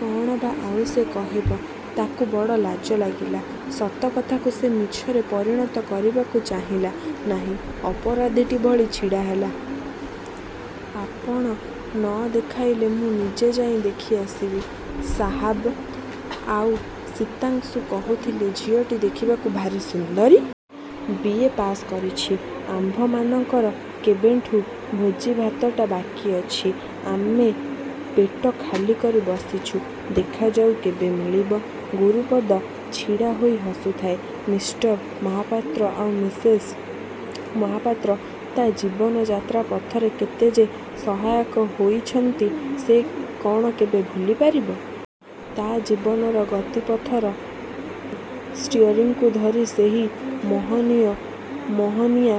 କ'ଣ ବା ଆଉ ସେ କହିବ। ତା'କୁ ବଡ଼ ଲାଜ ଲାଗିଲା। ସତ କଥାକୁ ସେ ମିଛରେ ପରିଣତ କରିବାକୁ ଚାହିଁଲା ନାହିଁ। ଅପରାଧୀଟି ଭଳି ଛିଡ଼ା ହେଲା। ଆପଣ ନ ଦେଖାଇଲେ ମୁଁ ନିଜେ ଯାଇ ଦେଖିଆସିବି। ସାହାବ ଆଉ ଶୀତାଂଶୁ କହୁଥିଲେ, ଝିଅଟି ଦେଖିବାକୁ ଭାରି ସୁନ୍ଦରୀ। ବି. ଏ. ପାସ୍ କରିଛି। ଆମ୍ଭମାନଙ୍କର କେବେଠୁଁ ଭୋଜିଭାତଟା ବାକି ଅଛି। ଆମେ ପେଟ ଖାଲିକରି ବସିଛୁ। ଦେଖାଯାଉ କେବେ ମିଳିବ? ଗୁରୁପଦ ଛିଡ଼ା ହୋଇ ହସୁଥାଏ, ମିଷ୍ଟର ମହାପାତ୍ର ଆଉ ମିସେସ୍ ମହାପାତ୍ର ତା' ଜୀବନଯାତ୍ରା ପଥରେ କେତେ ଯେ ସହାୟକ ହୋଇଛନ୍ତି, ସେ କ'ଣ କେବେ ଭୁଲିପାରିବ! ତା' ଜୀବନର ଗତି ପଥର ଷ୍ଟିଅରିଂକୁ ଧରି ସେହି ମହନୀୟ ମହନୀୟା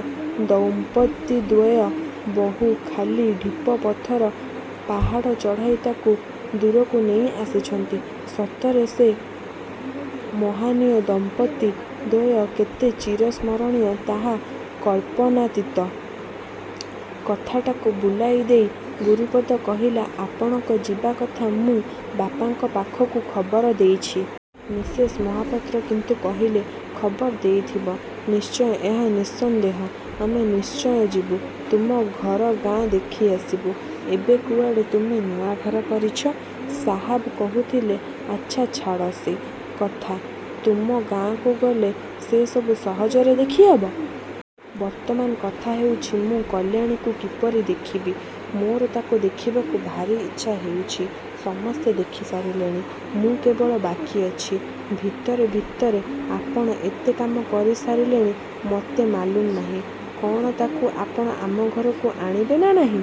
ଦମ୍ପତିଦ୍ୱୟ ବହୁ ଖାଲି ଢିପ ପଥର ପାହାଡ଼ ଚଢ଼ାଇ ତା'କୁ ଦୂରକୁ ନେଇ ଆସିଛନ୍ତି। ସତରେ ସେ ମହାନୀୟ ଦମ୍ପତ୍ତି ଦ୍ୱୟ କେତେ ଚିର ସ୍ମରଣୀୟ ତାହା କଳ୍ପନାତୀତ। କଥାଟାକୁ ବୁଲାଇଦେଇ ଗୁରୁପଦ କହିଲା, ଆପଣଙ୍କ ଯିବା କଥା ମୁଁ ବାପାଙ୍କ ପାଖକୁ ଖବର ଦେଇଛି। ମିସେସ୍ ମହାପାତ୍ର କିନ୍ତୁ କହିଲେ, ଖବର ଦେଇଥିବ ନିଶ୍ଚୟ! ଏହା ନିଃସନ୍ଦେହ। ଆମେ ନିଶ୍ଚୟ ଯିବୁ। ତୁମ ଘର ଗାଁ ଦେଖିଆସିବୁ। ଏବେ କୁଆଡ଼େ ତୁମେ ନୂଆଘର କରିଛ, ସାହାବ କହୁଥିଲେ। ଆଚ୍ଛା ଛାଡ଼ ସେ। କଥା, ତୁମ ଗାଁକୁ ଗଲେ ସେ ସବୁ ସହଜରେ ଦେଖିହେବ। ବର୍ତ୍ତମାନ କଥା ହେଉଛି, ମୁଁ କଲ୍ୟାଣୀକୁ କିପରି ଦେଖିବି। ମୋର ତା'କୁ ଦେଖିବାକୁ ଭାରି ଇଚ୍ଛା ହେଉଛି। ସମସ୍ତେ ଦେଖି ସାରିଲେଣି, ମୁଁ କେବଳ ବାକି ଅଛି। ଭିତରେ ଭିତରେ ଆପଣ ଏତେ କାମ କରି ସାରିଲେଣି, ମୋତେ ମାଲୁମ୍ ନାହିଁ। କ'ଣ ତା'କୁ ଆପଣ ଆମ ଘରକୁ ଆଣିବେ ନା ନାହିଁ।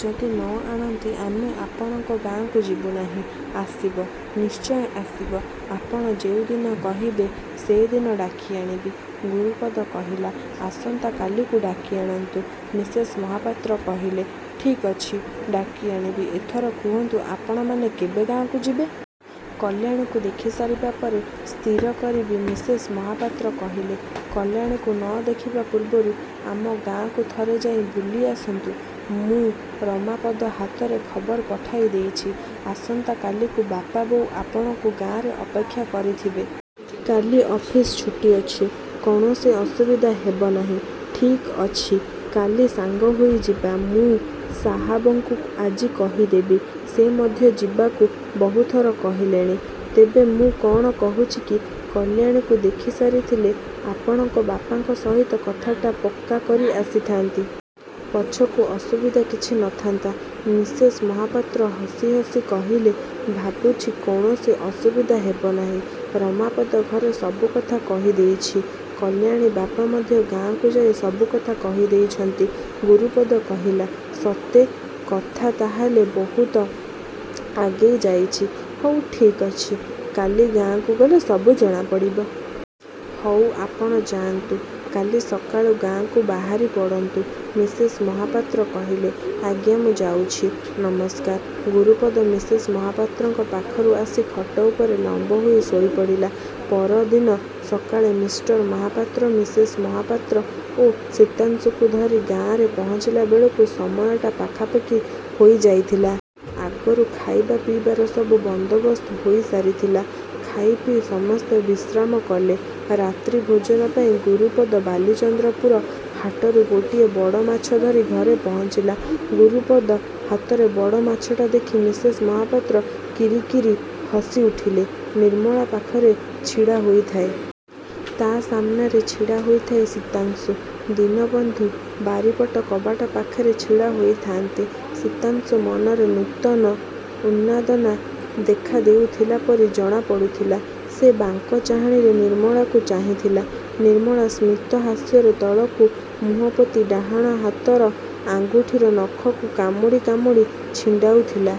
ଯଦି ନ ଆଣନ୍ତି ଆମେ ଆପଣଙ୍କ ଗାଁକୁ ଯିବୁ ନାହିଁ। ଆସିବ, ନିଶ୍ଚୟ ଆସିବ। ଆପଣ ଯେଉଁଦିନ କହିବେ ସେଦିନ ଡାକି ଆଣିବି, ଗୁରୁପଦ କହିଲା। ଆସନ୍ତା କାଲିକୁ ଡାକି ଆଣନ୍ତୁ, ମିସେସ୍ ମହାପାତ୍ର କହିଲେ। ଠିକ୍ ଅଛି ଡାକି ଆଣିବି। ଏଥର କୁହନ୍ତୁ ଆପଣମାନେ କେବେ ଆମ ଗାଁକୁ ଯିବେ? କଲ୍ୟାଣୀକୁ ଦେଖି ସାରିବା ପରେ ସ୍ଥିର କରିବି, ମିସେସ୍ ମହାପାତ୍ର କହିଲେ। କଲ୍ୟାଣୀକୁ ନ ଦେଖିବା ପୂର୍ବରୁ ଆମ ଗାଁକୁ ଥରେ ଯାଇ ବୁଲି ଆସନ୍ତୁ। ମୁଁ ରମାପଦ ହାତରେ ଖବର ପଠାଇ ଦେଇଛି, ଆସନ୍ତା କାଲିକୁ ବାପା ବୋଉ ଆପଣଙ୍କୁ ଗାଁରେ ଅପେକ୍ଷା କରିଥିବେ। କାଲି ଅଫିସ୍ ଛୁଟି ଅଛି, କୌଣସି ଅସୁବିଧା ହେବ ନାହିଁ। ଠିକ୍ ଅଛି କାଲି ସାଙ୍ଗହୋଇ ଯିବା ମୁଁ ସାହାବଙ୍କୁ ଆଜି କହିଦେବି। ସେ ମଧ୍ୟ ଯିବାକୁ ବହୁଥର କହିଲେଣି। ତେବେ ମୁଁ କ'ଣ କହୁଛି କି, କଲ୍ୟାଣୀକୁ ଦେଖି ସାରିଥିଲେ ଆପଣଙ୍କ ବାପାଙ୍କ ସହିତ କଥାଟା ପକ୍କା କରି ଆସିଥାନ୍ତି। ପଛକୁ ଅସୁବିଧା କିଛି ନଥାନ୍ତା ମିସେସ୍ ମହାପାତ୍ର ହସି ହସି କହିଲେ। ଭାବୁଛି କୌଣସି ଅସୁବିଧା ହେବ ନାହିଁ, ରମାପଦ ଘରେ ସବୁକଥା କହିଦେଇଛି, କଲ୍ୟାଣୀ ବାପା ମଧ୍ୟ ଗାଁକୁ ଯାଇ ସବୁକଥା କହି ଦେଇଛନ୍ତି ଗୁରୁପଦ କହିଲା। ସତେ, କଥା ତାହାହେଲେ ବହୁତ ଆଗେଇ ଯାଇଛି, ହଉ ଠିକ୍ ଅଛି କାଲି ଗାଁକୁ ଗଲେ ସବୁ ଜଣାପଡ଼ିବ। ହଉ ଆପଣ ଯାଆନ୍ତୁ କାଲି ସକାଳୁ ଗାଁକୁ ବାହାରି ପଡ଼ନ୍ତୁ, ମିସେସ୍ ମହାପାତ୍ର କହିଲେ। ଆଜ୍ଞା ମୁଁ ଯାଉଛି, ନମସ୍କାର। ଗୁରୁପଦ ମିସେସ୍ ମହାପାତ୍ରଙ୍କ ପାଖରୁ ଆସି ଖଟ ଉପରେ ଲମ୍ୱ ହୋଇ ଶୋଇପଡ଼ିଲା। ପରଦିନ ସକାଳେ ମିଷ୍ଟର ମହାପାତ୍ର ମିସେସ୍ ମହାପାତ୍ର ଓ ଶୀତାଂଶୁକୁ ଧରି ଗାଁରେ ପହଞ୍ଚିଲାବେଳକୁ ସମୟ ଟା ପାଖାପାଖି ହୋଇଯାଇଥିଲା। ଆଗରୁ ଖାଇବା ପିଇବାର ସବୁ ବନ୍ଦୋବସ୍ତ ହୋଇସାରିଥିଲା। ଖାଇପିଇ ସମସ୍ତେ ବିଶ୍ରାମ କଲେ, ରାତ୍ରି ଭୋଜନ ପାଇଁ ଗୁରୁପଦ ବାଲିଚନ୍ଦ୍ରପୁର ହାଟରୁ ଗୋଟିଏ ବଡ଼ମାଛ ଧରି ଘରେ ପହଞ୍ଚିଲା। ଗୁରୁପଦ ହାତରେ ବଡ଼ ମାଛଟା ଦେଖି ମିସେସ୍ ମହାପାତ୍ର କିରି କିରି ହସିଉଠିଲେ। ନିର୍ମଳା ପାଖରେ ଛିଡ଼ା ହୋଇଥାଏ। ତା' ସାମନାରେ ଛିଡ଼ା ହୋଇଥାଏ ଶୀତାଂଶୁ। ଦୀନବନ୍ଧୁ ବାରିପଟ କବାଟ ପାଖରେ ଛିଡ଼ା ହୋଇଥାନ୍ତି। ଶୀତାଂଶୁ ମନରେ ନୂତନ ଉନ୍ମାଦନା ଦେଖାଦେଉଥିଲା ପରି ଜଣା ପଡ଼ୁଥାଏ। ସେ ବାଙ୍କ ଚାହାଣୀରେ ନିର୍ମଳାକୁ ଚାହିଁଥିଲା, ନିର୍ମଳା ସ୍ମିତ ହାସ୍ୟରେ ତଳକୁ ମୁହଁ ପୋତି ଡାହାଣ ହାତର ଆଙ୍ଗୁଠିର ନଖକୁ କାମୁଡ଼ି କାମୁଡ଼ି ଛିଣ୍ଡାଉଥିଲା।